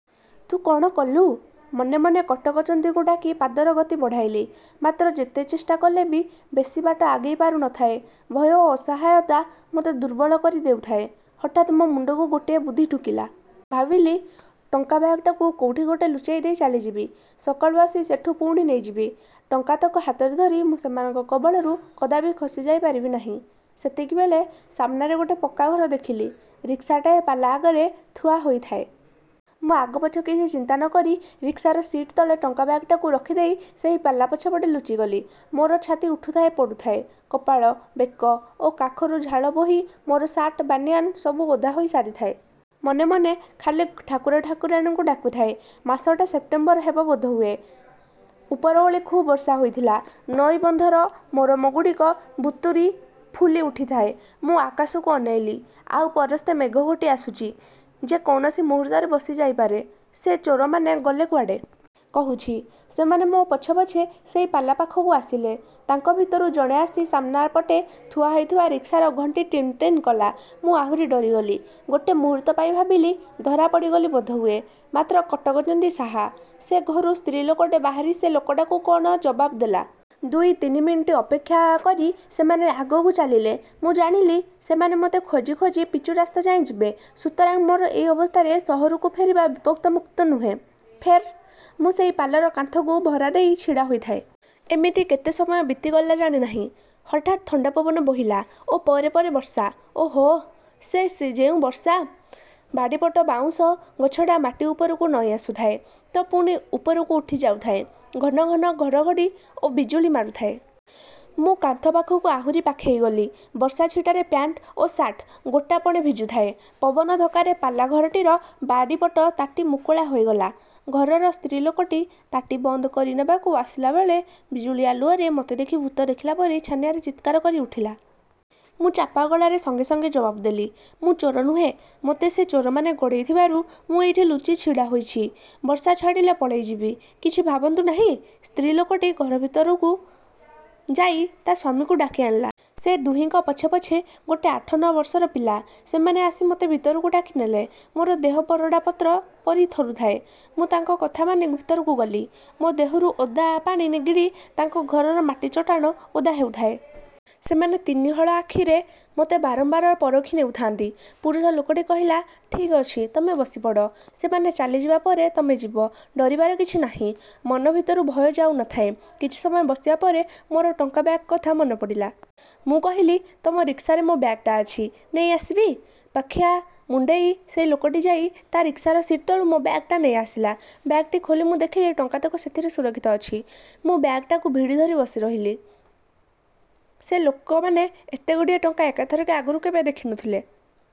ତୁ କ'ଣ କଲୁ? ମନେ ମନେ କଟକ ଚଣ୍ଡୀଙ୍କୁ ଡାକି ପାଦର ଗତି ବଢ଼ାଇଲି। ମାତ୍ର ଯେତେ ଚେଷ୍ଟା କଲେ ବି ବେଶି ବାଟ ଆଗେଇ ପାରୁ ନ ଥାଏ। ଭୟ ଓ ଅସହାୟତା ମୋତେ ଦୁର୍ବଳ କରି ଦେଉଥାଏ। ହଠାତ୍ ମୋ ମୁଣ୍ଡକୁ ଗୋଟେ ବୁଦ୍ଧି ଢୁକିଲା। ଭାବିଲି, ଟଙ୍କା ବ୍ୟାଗ୍‌ଟାକୁ କୋଉଠି ଗୋଟେ ଲୁଚେଇ ଦେଇ ଚାଲିଯିବି। ସକାଳୁ ଆସି ସେଠୁ ପୁଣି ନେଇଯିବି। ଟଙ୍କାତକ ହାତରେ ଧରି ମୁଁ ସେମାନଙ୍କ କବଳରୁ କଦାପି ଖସି ଯାଇ ପାରିବି ନାହିଁ। ସେତିକିବେଳେ ସାମ୍ନାରେ ଗୋଟେ ପକ୍କା ଘର ଦେଖିଲି। ରିକ୍ସାଟାଏ ପାଲା ଆଗରେ ଥୁଆ ହୋଇଥାଏ। ମୁଁ ଆଗପଛ କିଛି ଚିନ୍ତା ନ କରି ରିକ୍ସାର ସିଟ୍ ତଳେ ଟଙ୍କା ବ୍ୟାଗ୍‌ଟାକୁ ରଖିଦେଇ ସେଇ ପାଲା ପଛପଟେ ଲୁଚିଗଲି। ମୋର ଛାତି ଉଠୁଥାଏ ପଡ଼ୁଥାଏ। କପାଳ, ବେକ ଓ କାଖରୁ ଝାଳ ବୋହି ମୋର ସାର୍ଟ ବ୍ୟାନିୟନ୍ ସବୁ ଓଦା ହୋଇ ସାରିଥାଏ। ମନେ ମନେ ଖାଲି ଠାକୁର ଠାକୁରାଣୀଙ୍କୁ ଡାକୁଥାଏ। ମାସଟା ସେପ୍ଟେମ୍ବର ହେବ ବୋଧହୁଏ। ଉପରଓଳି ଖୁବ୍ ବର୍ଷା ହୋଇଥିଲା। ନଈବନ୍ଧର ମୋରମଗୁଡ଼ିକ ବୁତୁରି ଫୁଲି ଉଠିଥାଏ। ମୁଁ ଆକାଶକୁ ଅନେଇଲି। ଆଉ ପରସ୍ତେ ମେଘ ଘୋଟି ଆସୁଛି, ଯେ କୌଣସି ମୁହୂର୍ତ୍ତରେ ବର୍ଷି ଯାଇପାରେ। ସେ ଚୋରମାନେ ଗଲେ କୁଆଡ଼େ? କହୁଛି। ସେମାନେ ମୋ ପଛେ ପଛେ ସେଇ ପାଲା ପାଖକୁ ଆସିଲେ। ତାଙ୍କ ଭିତରୁ ଜଣେ ଆସି ସାମ୍ନାପଟେ ଥୁଆ ହୋଇଥିବା ରିକ୍ସାର ଘଣ୍ଟି ଟିଣ୍ ଟିଣ୍ କଲା। ମୁଁ ଆହୁରି ଡରିଗଲି। ଗୋଟେ ମୁହୂର୍ତ୍ତ ପାଇଁ ଭାବିଲି, ଧରା ପଡ଼ିଗଲି ବୋଧହୁଏ। ମାତ୍ର କଟକଚଣ୍ଡୀ ସାହା, ସେଇ ଘରୁ ସ୍ତ୍ରୀ ଲୋକଟେ ବାହାରି ସେ ଲୋକଟାକୁ କ'ଣ ଜବାବ ଦେଲା। ଦୁଇ ତିନି ମିଣ୍ଟି ଅପେକ୍ଷା କରି ସେମାନେ ଆଗକୁ ଚାଲିଲେ। ମୁଁ ଜାଣିଲି, ସେମାନେ ମୋତେ ଖୋଜି ଖୋଜି ପିଚୁ ରାସ୍ତା ଯାଏ ଯିବେ। ସୁତରାଂ ମୋର ଏଇ ଅବସ୍ଥାରେ ସହରକୁ ଫେରିବା ବିପଦମୁକ୍ତ ନୁହେଁ। ଫେର୍? ମୁଁ ସେଇ ପାଲାର କାନ୍ଥକୁ ଭରା ଦେଇ ଛିଡ଼ା ହୋଇଥାଏ। ଏମିତି କେତେ ସମୟ ବିତିଗଲା ଜାଣେ ନାହିଁ। ହଠାତ୍ ଥଣ୍ଡା ପବନ ବୋହିଲା ଓ ପରେ ପରେ ବର୍ଷା। ଓଃ, ସେ ଯେଉଁ ବର୍ଷା! ବାଡ଼ିପଟ ବାଉଁଶ ଗଛଟା ମାଟି ଉପରକୁ ନଇଁ ଆସୁଥାଏ ତ ପୁଣି ଉପରକୁ ଉଠି ଯାଉଥାଏ। ଘନ ଘନ ଘଡ଼ଘଡ଼ି ଓ ବିଜୁଳି ମାରୁଥାଏ। ମୁଁ କାନ୍ଥ ପାଖକୁ ଆହୁରି ପାଖେଇ ଗଲି। ବର୍ଷା ଛିଟାରେ ପ୍ୟାଣ୍ଟ୍ ଓ ସାର୍ଟ ଗୋଟାପଣେ ଭିଜୁଥାଏ। ପବନ ଧକ୍କାରେ ପାଲା ଘରଟିର ବାଡ଼ିପଟ ତାଟି ମୁକୁଳା ହୋଇଗଲା। ଘରର ସ୍ତ୍ରୀ ଲୋକଟି ତାଟି ବନ୍ଦ କରିନେବାକୁ ଆସିଲା ବେଳେ ବିଜୁଳି ଆଲୁଅରେ ମୋତେ ଦେଖି ଭୂତ ଦେଖିଲା ପରି ଛାନିଆରେ ଚିତ୍କାର କରି ଉଠିଲା। ମୁଁ ଚାପା ଗଳାରେ ସଙ୍ଗେ ସଙ୍ଗେ ଜବାବ ଦେଲି, "ମୁଁ ଚୋର ନୁହେଁ। ମୋତେ ସେ ଚୋରମାନେ ଗୋଡ଼େଇଥିବାରୁ ମୁଁ ଏଇଠି ଲୁଚି ଛିଡ଼ା ହୋଇଛି। ବର୍ଷା ଛାଡ଼ିଲେ ପଳେଇ ଯିବି। କିଛି ଭାବନ୍ତୁ ନାହିଁ।" ସ୍ତ୍ରୀ ଲୋକଟି ଘର ଭିତରକୁ ଯାଇ ତା' ସ୍ୱାମୀକୁ ଡାକି ଆଣିଲା। ସେ ଦୁହିଁଙ୍କ ପଛେ ପଛେ ଗୋଟେ ଆଠ ନଅ ବର୍ଷର ପିଲା। ସେମାନେ ଆସି ମୋତେ ଭିତରକୁ ଡାକି ନେଲେ। ମୋର ଦେହ ବରଡ଼ା ପତ୍ର ପରି ଥରୁଥାଏ। ମୁଁ ତାଙ୍କ କଥା ମାନି ଭିତରକୁ ଗଲି। ମୋ ଦେହରୁ ଓଦା ପାଣି ନିଗିଡ଼ି ତାଙ୍କ ଘରର ମାଟି ଚଟାଣ ଓଦା ହେଉଥାଏ। ସେମାନେ ତିନି ହଳ ଆଖିରେ ମୋତେ ବାରମ୍ବାର ପରଖି ନେଉଥାଆନ୍ତି। ପୁରୁଷ ଲୋକଟି କହିଲା, "ଠିକ୍ ଅଛି, ତମେ ବସି ପଡ଼। ସେମାନେ ଚାଲିଯିବା ପରେ ତମେ ଯିବ। ଡରିବାର କିଛି ନାହିଁ।" ମନ ଭିତରୁ ଭୟ ଯାଉ ନଥାଏ। କିଛି ସମୟ ବସିବା ପରେ ମୋର ଟଙ୍କା ବ୍ୟାଗ୍ କଥା ମନେ ପଡ଼ିଲା। ମୁଁ କହିଲି, "ତମ ରିକ୍ସାରେ ମୋ ବ୍ୟାଗ୍‌ଟା ଅଛି, ନେଇ ଆସିବି!" ପଖିଆ ମୁଣ୍ଡେଇ ସେଇ ଲୋକଟି ଯାଇ ତା' ରିକ୍ସାର ସିଟ୍ ତଳୁ ମୋ ବ୍ୟାଗ୍‌ଟା ନେଇ ଆସିଲା। ବ୍ୟାଗ୍‌ଟା ଖୋଲି ମୁଁ ଦେଖିଲି ଟଙ୍କାତକ ସେଥିରେ ସୁରକ୍ଷିତ ଅଛି। ମୁଁ ବ୍ୟାଗ୍‌ଟାକୁ ଭିଡ଼ି ଧରି ବସି ରହିଲି। ସେ ଲୋକମାନେ ଏତେଗୁଡ଼ିଏ ଟଙ୍କା ଏକାଥରକେ ଆଗରୁ କେବେ ଦେଖି ନଥିଲେ।